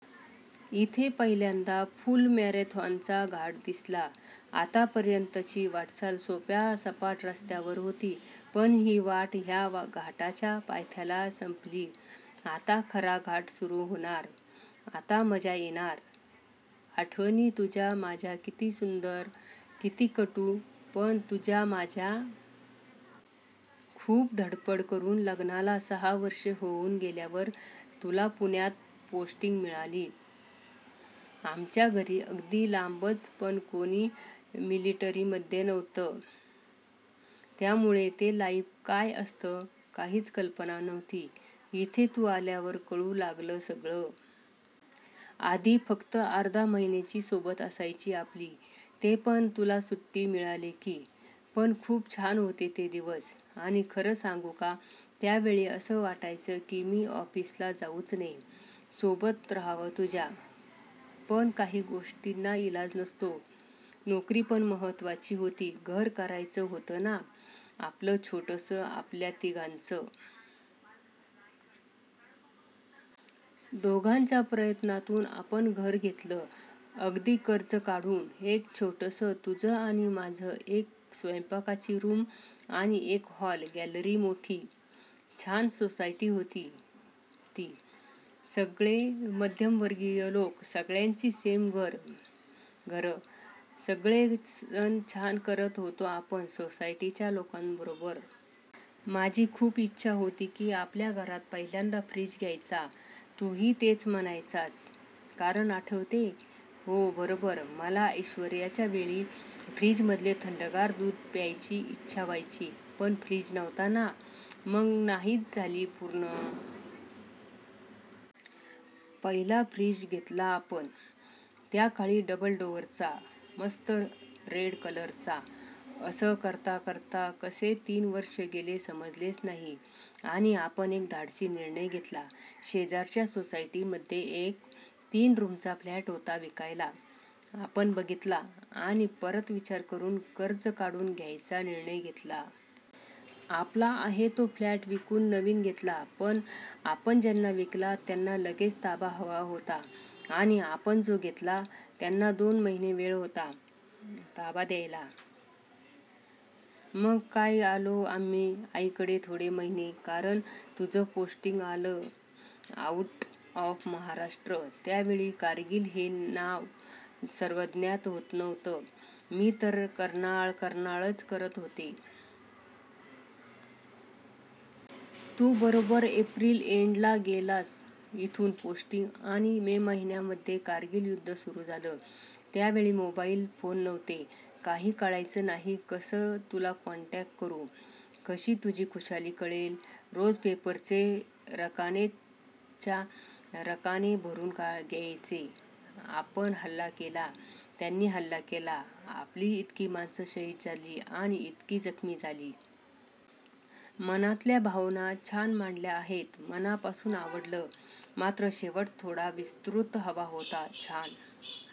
इथे पहिल्यांदा फुल मॅरेथॉनचा घाट दिसला. आत्तापर्यंतची वाटचाल सोप्या सपाट रस्त्यावर होती. पण ही वाट ह्या घाटाच्या पायथ्याला संपली! आता खरा घाट सुरू होणार! आता मजा येणार! आठवणी तुझ्या माझ्या किती सुंदर, किती कटू, पण तुझ्या माझ्या. खूप धडपड करून लग्नाला सहा वर्षं होऊन गेल्यावर तुला पुण्यात पोस्टिंग मिळाली. आमच्या घरी अगदी लांबचं पण कोणी मिलिटरीमध्ये नव्हतं, त्यामुळे ते लाइफ काय असतं, काहीच कल्पना नव्हती. इथे तू आल्यावर कळू लागलं सगळं. आधी फक्त अर्धा महिन्याची सोबत असायची आपली, तेपण तुला सुट्टी मिळाली की. पण खूप छान होते ते दिवस. आणि खरं सांगू त्यावेळी असं वाटायचं की मी ऑफिसला जाऊच नये, सोबत राहावं तुझ्या. पण काही गोष्टींना इलाज नसतो, नोकरी पण महत्त्वाची होती, घर करायचं होतं ना आपलं, छोटंसं, आपल्या तिघांचं. दोघांच्या प्रयत्नातून आपण घर घेतलं, अगदी कर्ज काढून. एक छोटंसं तुझं आणि माझं, एक स्वयंपाकाची रूम आणि एक हॉल, गॅलरी मोठी. छान सोसायटी होती ती, सगळे मध्यमवर्गीय लोक, सगळ्यांची सेम घरं. सगळे सण छान करत होतो आपण सोसायटीच्या लोकांबरोबर. माझी खूप इच्छा होती की आपल्या घरात पहिल्यांदा फ्रिज घ्यायचा, तूही तेच म्हणायचास, कारण आठवतेय, हो बरोबर, मला ऐश्वर्याच्या वेळी, फ्रिजमधले थंडगार दूध प्यायची इच्छा व्हायची पण फ्रिज नव्हता ना, मग नाहीच झाली पूर्ण. पहिला फ्रिज घेतला आपण, त्या काळी डबल डोअरचा, मस्त रेड कलरचा. असं करता करता कसे तीन वर्षं गेले समजलेच नाही. आणि आपण एक धाडसी निर्णय घेतला. शेजारच्या सोसायटीमध्ये एक, तीन रूमचा फ्लॅट होता विकायला, आपण बघितला, आणि परत विचार करून कर्ज काढून घ्यायचा निर्णय घेतला. आपला आहे तो फ्लॅट विकून नवीन घेतला, पण आपण ज्यांना विकला त्यांना लगेच ताबा हवा होता, आणि आपण जो घेतला त्यांना दोन महिने वेळ होता, ताबा द्यायला, मग काय आलो आम्ही आईकडे थोडे महिने, कारण तुझं पोस्टिंग आलं, आऊट ऑफ महाराष्ट्र, त्यावेळी कारगिल हे नाव सर्वज्ञात नव्हतं, मी तर कर्नाळ कर्नाळ च करत होते. तू बरोबर एप्रिल एंडला गेलास इथून पोस्टिंग आणि मे महिन्यामध्ये कारगिल युद्ध सुरू झालं. त्यावेळी मोबाईल फोन नव्हते, काही कळायचं नाही कसं तुला कॉन्टॅक्ट करू, कशी तुझी खुशाली कळेल, रोज पेपरचे रकानेच्या रकाने भरून यायचे, आपण हल्ला केला, त्यांनी हल्ला केला, आपली इतकी माणसं शहीद झाली आणि इतकी जखमी झाली. मनातल्या भावना छान मांडल्या आहेत. मनापासून आवडलं, मात्र शेवट थोडा विस्तृत हवा होता, छान